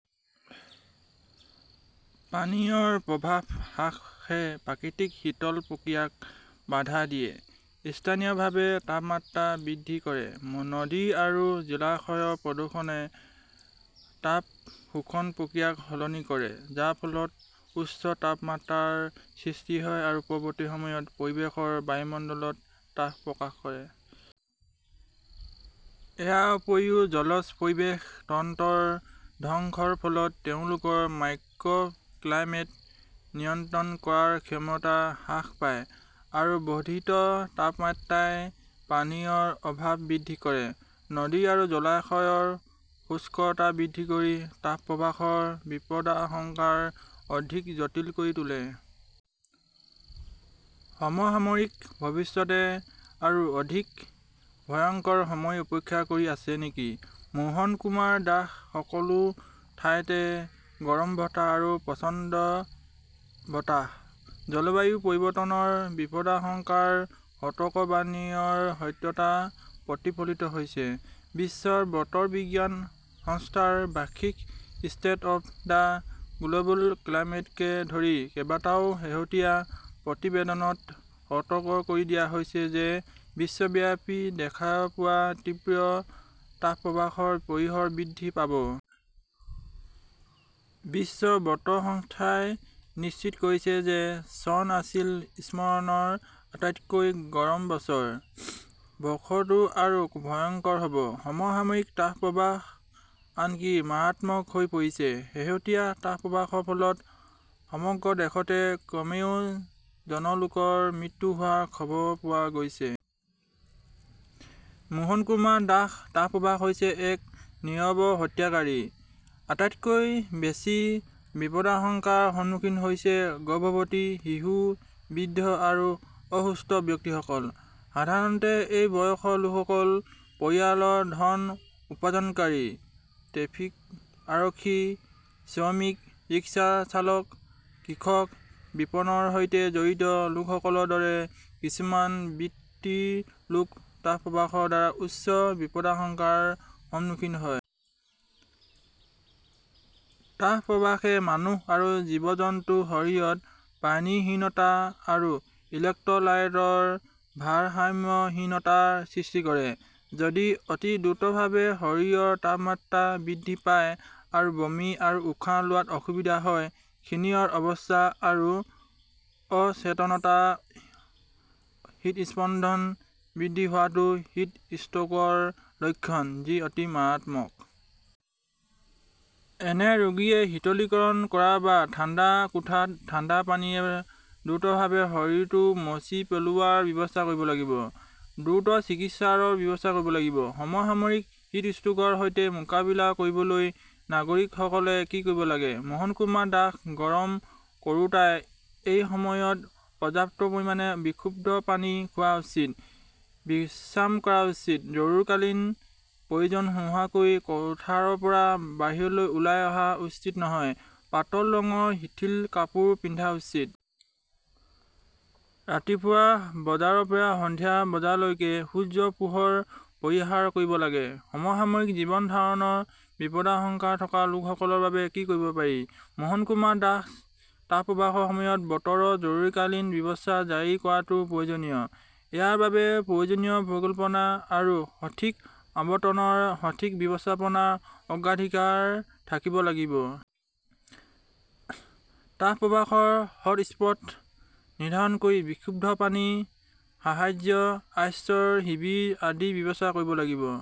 পানীৰ প্ৰবাহ হ্ৰাসে প্ৰাকৃতিক শীতল প্ৰক্ৰিয়াক বাধা দিয়ে, স্থানীয়ভাৱে তাপমাত্ৰা বৃদ্ধি কৰে। নদী আৰু জলাশয়ৰ প্ৰদূষণে তাপ শোষণ প্ৰক্ৰিয়াক সলনি কৰে, যাৰ ফলত উচ্চ তাপমাত্ৰাৰ সৃষ্টি হয় আৰু পৰৱৰ্তী সময়ত পৰিৱেশৰ বায়ুমণ্ডলত তাপ প্ৰকাশ কৰে। ইয়াৰ উপৰিও জলজ পৰিৱেশ তন্ত্ৰৰ ধ্বংসৰ ফলত তেওঁলোকৰ মাইক্ৰ'ক্লাইমেট নিয়ন্ত্ৰণ কৰাৰ ক্ষমতা হ্ৰাস পায়। আৰু বৰ্ধিত তাপমাত্ৰাই পানীৰ অভাৱ বৃদ্ধি কৰে, নদী আৰু জলাশয়ৰ শুষ্কতা বৃদ্ধি কৰি তাপপ্ৰবাহৰ বিপদাশংকা অধিক জটিল কৰি তোলে। সমসাময়িক ভৱিষ্যতে আৰু অধিক ভয়ংকৰ সময় অপেক্ষা কৰি আছে নেকি? মোহন কুমাৰ দাশ সকলো ঠাইতে গৰম বতাহ আৰু প্ৰচণ্ড বতাহ। জলবায়ু পৰিৱৰ্তনৰ বিপদাশংকাৰ সতৰ্কবাণীৰ সত্যতা প্ৰতিফলিত হৈছে। বিশ্ব বতৰ বিজ্ঞান সংস্থাৰ বাৰ্ষিক ষ্টেট অৱ দ্য গ্লʼবেল ক্লাইমেটকে ধৰি কেইবাটাও শেহতীয়া প্ৰতিবেদনত সতৰ্ক কৰি দিয়া হৈছে যে বিশ্বব্যাপী দেখা পোৱা তীব্ৰ তাপপ্ৰবাহৰ পৰিসৰ বৃদ্ধি পাব। বিশ্ব বতৰ সংস্থাই নিশ্চিত কৰিছে যে চন আছিল স্মৰণৰ আটাইতকৈ গৰম বছৰ। বৰ্ষটো আৰু ভয়ংকৰ হ 'ব! সমসাময়িক তাপপ্ৰবাহ আনকি মাৰাত্মক হৈ পৰিছে। শেহতীয়া তাপপ্ৰবাহৰ ফলত সমগ্ৰ দেশতে কমেও জন লোকৰ মৃত্যু হোৱাৰ খবৰ পোৱা গৈছে। মোহন কুমাৰ দাশ তাপপ্ৰবাহ হৈছে এক নীৰৱ হত্যাকাৰী। আটাইতকৈ বেছি বিপদাশংকাৰ সন্মুখীন হৈছে গৰ্ভৱতী, শিশু, বৃদ্ধ আৰু অসুস্থ ব্যক্তিসকল। সাধাৰণতে এই বয়সৰ লোকসকল পৰিয়ালৰ ধন উপাৰ্জনকাৰী। ট্ৰেফিক আৰক্ষী, শ্ৰমিক, ৰিক্সা চালক, কৃষক, বিপণনৰ সৈতে জড়িত লোকসকলৰ দৰে কিছুমান বৃত্তিৰ লোক তাপপ্ৰবাহৰ দ্বাৰা উচ্চ বিপদাশংকাৰ সন্মুখীন হয়। তাপপ্ৰবাহে মানুহ আৰু জীৱ-জন্তুৰ শৰীৰত পানীহীনতা আৰু ইলেক্ট্ৰলাইটৰ ভাৰসাম্যহীনতাৰ সৃষ্টি কৰে। যদি অতি দ্ৰুতভাৱে শৰীৰৰ তাপমাত্ৰা বৃদ্ধি পায় আৰু বমি আৰু উশাহ লোৱাত অসুবিধা হয়, খিনিৰ অৱস্থা আৰু অচেতনতা, হৃদস্পন্দন বৃদ্ধি হোৱাটো হিট ষ্ট্ৰোকৰ লক্ষণ; যি অতি মাৰাত্মক! এনে ৰোগীয়ে শীতলীকৰণ কৰা বা ঠাণ্ডা কোঠাত ঠাণ্ডা পানীৰে দ্ৰুতভাৱে শৰীৰটো মচি পেলোৱাৰ ব্যৱস্থা কৰিব লাগিব। দ্ৰুত চিকিৎসাৰ ব্যৱস্থা কৰিব লাগিব। সমসাময়িক হিটষ্ট্ৰোকৰ সৈতে মোকাবিলা কৰিবলৈ নাগৰিকসকলে কি কৰিব লাগে? মোহন কুমাৰ দাস গৰম কৰোঁতাই এই সময়ত পৰ্যাপ্ত পৰিমাণে বিশুদ্ধ পানী খোৱা উচিত, বিশ্ৰাম কৰা উচিত, জৰুৰীকালীন প্ৰয়োজন নোহোৱাকৈ কোঠাৰ পৰা বাহিৰলৈ ওলাই অহা উচিত নহয়, পাতল ৰঙৰ শিথিল কাপোৰ পিন্ধা উচিত। ৰাতিপুৱা বজাৰ পৰা সন্ধিয়া বজালৈকে সূৰ্যৰ পোহৰ পৰিহাৰ কৰিব লাগে। সমসাময়িক জীৱন ধাৰণৰ বিপদাশংকা থকা লোকসকলৰ বাবে কি কৰিব পাৰি? মোহন কুমাৰ দাশ তাপপ্ৰবাহৰ সময়ত 'বতৰৰ জৰুৰীকালীন অৱস্থা জাৰি কৰাটো প্ৰয়োজনীয়। ইয়াৰ বাবে প্ৰয়োজনীয় পৰিকল্পনা আৰু সঠিক আবণ্টনৰ সঠিক ব্যৱস্থাপনাৰ অগ্ৰাধিকাৰ থাকিব লাগিব। তাপ প্ৰবাহৰ হট'স্পট নিৰ্ধাৰণ কৰি বিশুদ্ধ পানী, সাহায্য, আশ্ৰয় শিবিৰ আদিৰ ব্যৱস্থা কৰিব লাগিব।